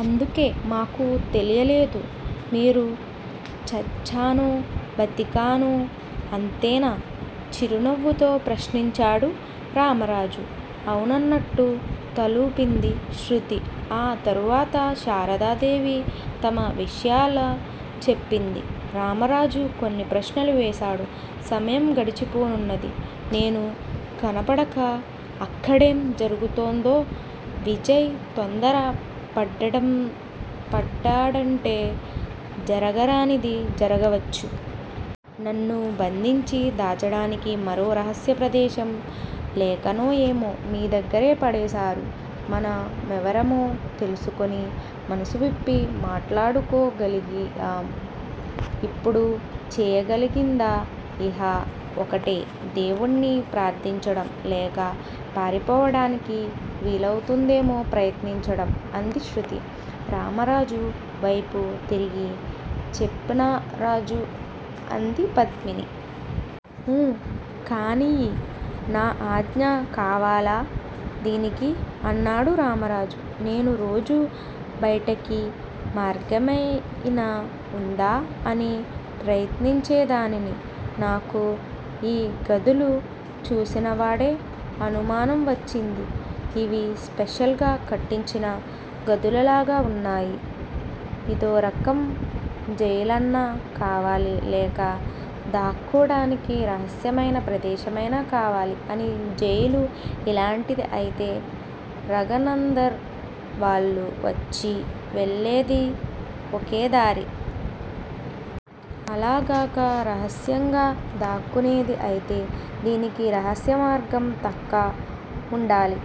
అందుకే మాకు తెలియలేదు, మీరు చచ్చానో బతికున్నానో అంతేనా? చిరునవ్వుతో ప్రశ్నించాడు రామరాజు. అవునన్నట్లు తలవూపింది శృతి ఆ తర్వాత శారదాదేవి తమ విషయాలు చెప్పింది. రామరాజు కొన్ని ప్రశ్నలు వేశాడు. సమయం గడిచిపోతున్నది. నేను కనపడక అక్కడేం జరుగుతుందో? విజయ్ తొందర పడ్డడంటే జరగరానిది జరగవచ్చు. నన్ను బంధించి దాచడానికి మరో రహస్య ప్రదేశం లేకనో ఏమో మీదగ్గరే పడేశారు. మన మెవరమో తెలుసుకుని మనసువిప్పి మాట్లాడుకోగలిగి. ఇప్పుడు చేయగలిగిందా ఇహ ఒకటే. దేవుణ్ణి ప్రార్దించటం, లేక పారిపోవటానికి వీలవుతుందేమో ప్రయత్నించటం అంది శృతి. రామరాజు వేపు తిరిగి చెప్పనారాజూ? అంది పద్మిని. ఊ కానియ్యి. నా ఆజ్ఞ కావాలా దీనికి? అన్నాడు రామరాజు. నేను రోజూ బైటకి మార్గమేయినా వుందా అని ప్రయత్నించేదానిని. నాకు ఈ గదులు చూసినవాడే అనుమానం వచ్చింది. ఇవి స్పెషల్ గా కట్టించిన గదులలాగా వున్నాయి. ఇదోరకంజైలన్నా కావాలి లేక దాక్కోటానికి రహస్యమైన ప్రదేశమైనా కావాలి అని జైలు ఇలాంటిది అయితే రఘనందన్ వాళ్ళు వచ్చి వెళ్ళేది ఒకేదారి. అలాగాక రహస్యంగా దాక్కునేది అయితే దీనికి రహస్య మార్గం తక్క వుండాలి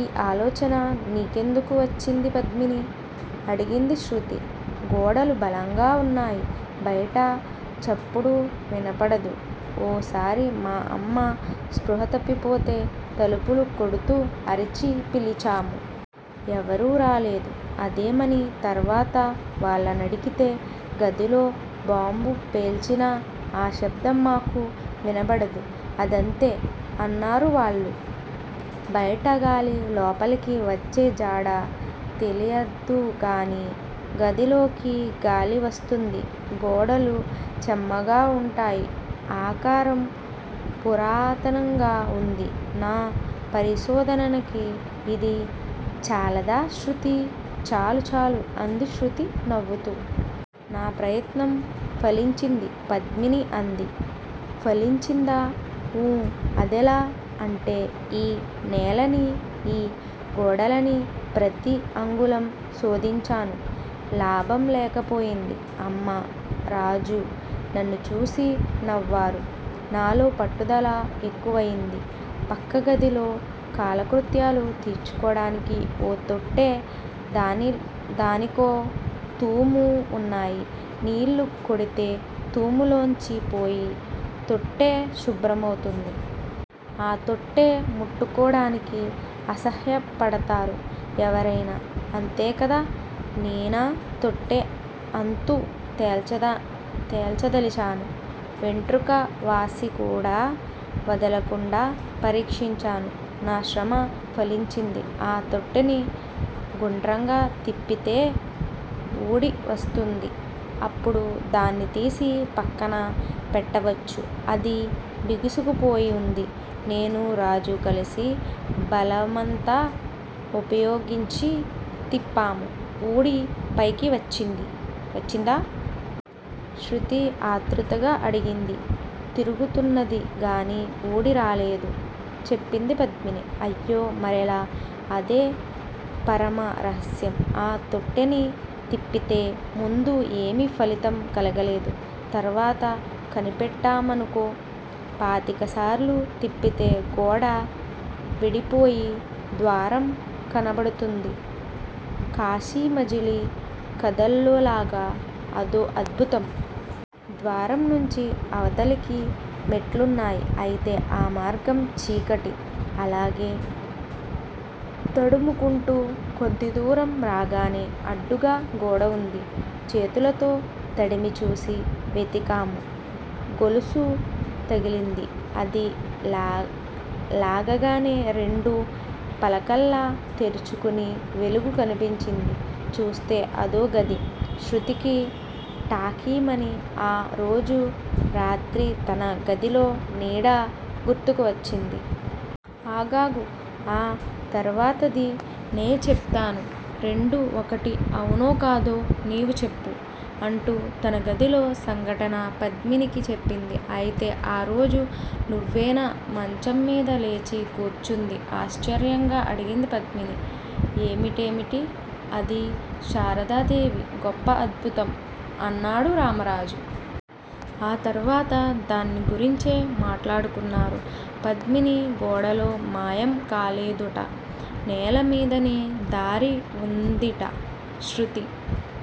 ఈ ఆలోచన నీ కెందుకు వచ్చింది పద్మినీ! అడిగింది శృతి. గోడలు బలంగా వున్నాయి. బైట చప్పుడు వినపడదు ఓ సారి మా అమ్మ స్పృహ తప్పిపోతే తలుపులు కొడుతూ అరచి పిలిచాము. ఎవరూ రాలేదు. అదేమని తర్వాత వాళ్ళనడిగితే గదిలో బాంబు పేల్చినా ఆ శబ్దం మాకు వినపడదు అదంతే అన్నారు వాళ్ళు. బైటగాలి లోపలికి వచ్చేజాడ తెలియదుగాని గదిలోకి గాలివస్తుంది. గోడలు చెమ్మగా వుంటాయి. ఆకారం పురాతనంగా వుంది. నా పరిశోధనకి ఇది చాలాదా శృతీ. చాలు చాలు అంది శృతి నవ్వుతూ! నా ప్రయత్నం ఫలించింది. పద్మిని అంది. ఫలించిందా? ఊ అదెలా అంటే ఈ నేలని, ఈ గోడలని ప్రతి అంగుళం శోధించాను. లాభం లేకపోయింది. అమ్మ, రాజు నన్నుచూసి నవ్వారు. నాలో పట్టుదల ఎక్కువయింది. పక్కగదిలో కాలకృత్యాలు తీర్చుకోటానికి ఓ తొట్టె, దానికో తూము వున్నాయి నీళ్ళు కొడితే తూములోంచి పోయి తొట్టె శుభ్రమవుతుంది. ఆ తొట్టె ముట్టుకోటానికి అసహ్యపడతారు ఎవరయినా, అంతేకదా నేనా తొట్టె అంతు తెల్చదలిచాను. వెంట్రుకవాసికూడా వదలకుండా పరీక్షించాను. నా శ్రమ ఫలించింది. ఆ తొట్టెని గుండ్రంగా తిప్పితే వూడివస్తుంది. అప్పుడు దాన్ని తీసి పక్కన పెట్టవచ్చు అది బిగుసుకు పోయి వుంది. నేను రాజు కలసి బలమంతా వుపయోగించి తిప్పాము ఊడి పైకి వచ్చిందా! శృతి ఆతృతగా అడిగింది. తిరుగుతున్నది గాని వూడిరాలేదు చెప్పింది పద్మిని. అయ్యో, మరెలా? అదే పరమ రహస్యం. ఆ తొట్టెని తిప్పితే ముందు ఏమీ ఫలితం కలగలేదు. తర్వాత కనిపెట్టామనుకో, పాతిక సార్లు తిప్పితే గోడ విడిపోయి ద్వారం కనబడుతుంది. కాశీమజిలీ కథల్లోలాగా అదో అద్భుతం. ద్వారం నుంచి అవతలికి మెట్లున్నాయి. అయితే ఆ మార్గం చీకటి. అలాగే తడుముకుంటూ కొద్దిదూరం రాగానే అడ్డుగా గోడవుంది. చేతులతో తడిమిచూసి వెతికాము. గొలుసు తగిలింది. అది లాగగానే రెండు పలకల్లా తెరుచుకుని వెలుగు కనిపించింది. చూస్తె అదో గది శృతికి టాకీమని ఆ రోజు రాత్రి తన గదిలో నీడ గుర్తుకు వచ్చింది. ఆగాగు. ఆ తర్వాతది నే చెపుతాను, రెండూ ఒకటి అవునోకాదో నీవు చెప్పు. అంటూ తన గదిలో సంఘటన పద్మినికి చెప్పింది. అయితే, ఆ రోజు నువ్వేనా మంచంమీద లేచి కూర్చుంది? ఆశ్చర్యంగా అడిగింది పద్మిని. ఏమిటీమిటీ? అది శారదాదేవి. గొప్ప అద్భుతం. అన్నాడు రామరాజు. ఆ తర్వాత దాన్ని గురించే మాట్లాడుకున్నారు. పద్మిని గోడలో మాయం కాలేదుట. నేలమీదనే దారి వుందిట. శృతి